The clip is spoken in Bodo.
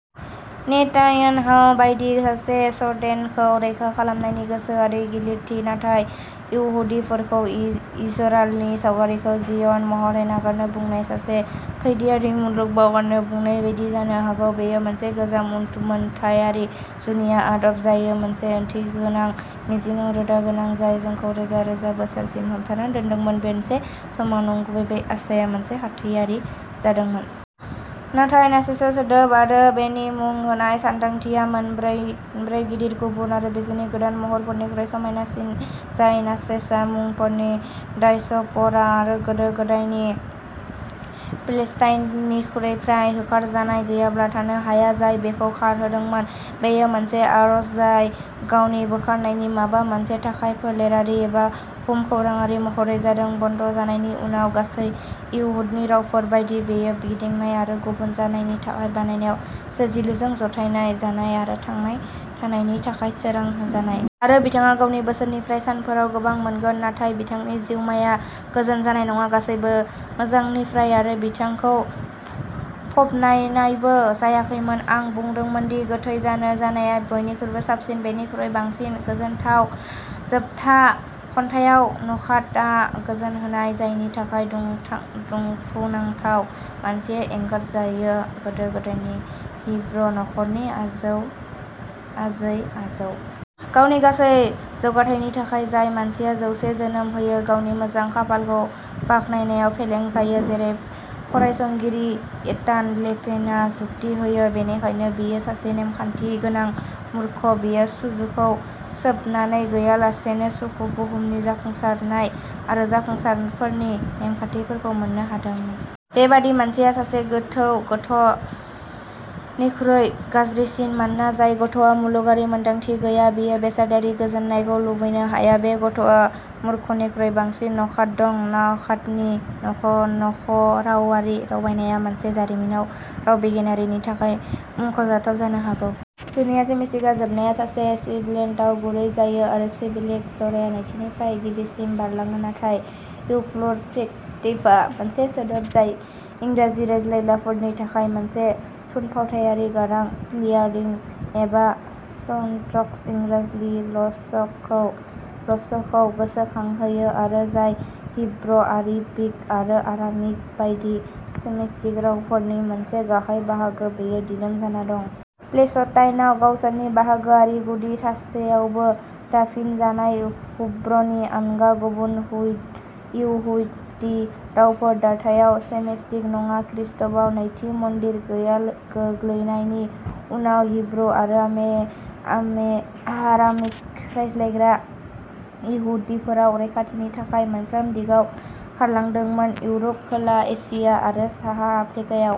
नेतान्याहु बायदि सासे स'न्डेखौ रैखा खालामनायनि गोसोआरि गिलिरथि। नाथाय इहुदिफोरखौ इजराइलनि सावगारिखौ जिय'न महरै नागारनो बुंनाया सासे खैदीखौ मुलुगखौ बावगारनो बुंनाय बायदि जानो हागौ। बेयो मोनसे गोजाम, उनमोनथायारि जुजिनायनि आदब, जाय मोनसे ओंथिगोनां मिजिंआव रोदा गोनां, जाय जोंखौ रोजा-रोजा बोसोरसिम हमथाना दोनदोंमोन; मोनसे समाव नंगुबै, बै आसाया मोनसे हाथियार जादोंमोन। नाथाय नाचेस सोदोब आरो बेनि मुं होनाय सानदांथिया मोन्नैबो गिदिर, गुबुन आरो बिसोरनि गोदान महरफोरनिख्रुइ समायनासिन। जाय नाचेस मुंफोरा डायस्प'रा आरो गोदो-गोदायनि पेलेस्टाइननिफ्राय होखारजानाय गैयाब्ला थानो हाया, जाय बेखौ खारहोदोंमोन। बेयो मोनसे आरज जाय गावनिफ्राय बोखारजानाय माबा मोनसेनि थाखाय, फोलेरारि एबा भुमखौराङारि महरै जाथों; बनद'जानायनि उनाव गासैबो इहुदि रावफोर बायदि, बेयो गिदिंनाय आरो गुबुन जानायनि थाखाय बानायनाय, सोरजिलुजों जथायजानाय आरो थांना थानायनि थाखाय सोरां होजानाय। आरो बिथाङा गावनि बोसोरफोरनि सानफोराव गोबां मोनगोन, नाथाय बिथांनि जिउमाया गोजोन जानाय नङा। गासैबो मोजांनिफ्राय, आरो बिथांखौ फबनायबो जायाखैमोन। आं बुंदोंमोन दि गोथै जोनोम जानाया बिनिख्रुइ साबसिन. बेनिख्रुइ बांसिन गोजोनथाव। जोबथा खन्थाइआव, नखातआ "गोजोनहोनाय" जायनि थाखाय दुखुनांथाव मानसिया एंगारजायो, गोदो गोदायनि हिब्रु नख'रनि आजै-आजौ। गावनि गासै जौगाथायनि थाखाय, जाय मानसिया "जौसे जोनोम होयो" गावनि मोजां खाफालखौ बाख्नायनायाव फेलें जायो। जेरै फरायसंगिरि एतान लेभिनआ जुक्ति होयो, बेनिखायनो बियो सासे "नेमखान्थि गोनां मूर्ख": बियो सुखुखौ सोबनानै गैयालासेनो सुखु, बुहुमनि जाफुंसारनाय आरो जाफुंसारनायफोरनि नेमखान्थिफोरखौ मोननो हादों। बेबादि मानसिया "सासे गोथै गथ'" निख्रुइ गाज्रिसिन, मानोना जाय गथ'आ मुलुगारि मोन्दांथि गैया बियो बेसादारि गोजोननायखौ लुबैनो हाया; बे गथ'आ मूर्खनिख्रुइ बांसिन नखात दं। नखातनि नख'रावारि दावबायनाया मोनसे जारिमिनारि राव बिगियानगिरिनि थाखाय मुंख'जाथावै जानो हागौ। जुनिया सेमिटिक जोबनाया सासे सिबिलेन्टआव गुरै जायो आरो सिलेबिक जराया नैथिनिफ्राय गिबिसिम बारलाङो। नाथाय। इउभुलार फ्रिकेटिभ, मोनसे सोदोब जाय इंराजि रायज्लायग्राफोरनि थाखाय मोनसे थुनफावथायारि गारां-क्लियारिं एबा स्कट्स-इंराजि ल'चखौ गोसोखांहोयो आरो जाय हिब्रु, आरबिक आरो आरामिक बायदि सेमिटिक रावफोरनि मोनसे गाहाय बाहागो, बेयो दिदोम जाना दं। पेलेस्टाइनआव गावसोरनि बाहागोआरि गुदि थासेयावबो, दाफिनजानाय हिब्रुनि अनगा गुबुन इहुदि रावफोरा दाथायाव सेमिटिक नङा। खृष्टाब्दआव नैथि मन्दिर गोग्लैनायनि उनाव, हिब्रु-आरो आरामिक रायज्लायग्रा इहुदिफोरा रैखाथिनि थाखाय मोनफ्रोम दिगाव खारलांदोंमोन, इउर'प, खोला एसिया आरो साहा आफ्रिकायाव।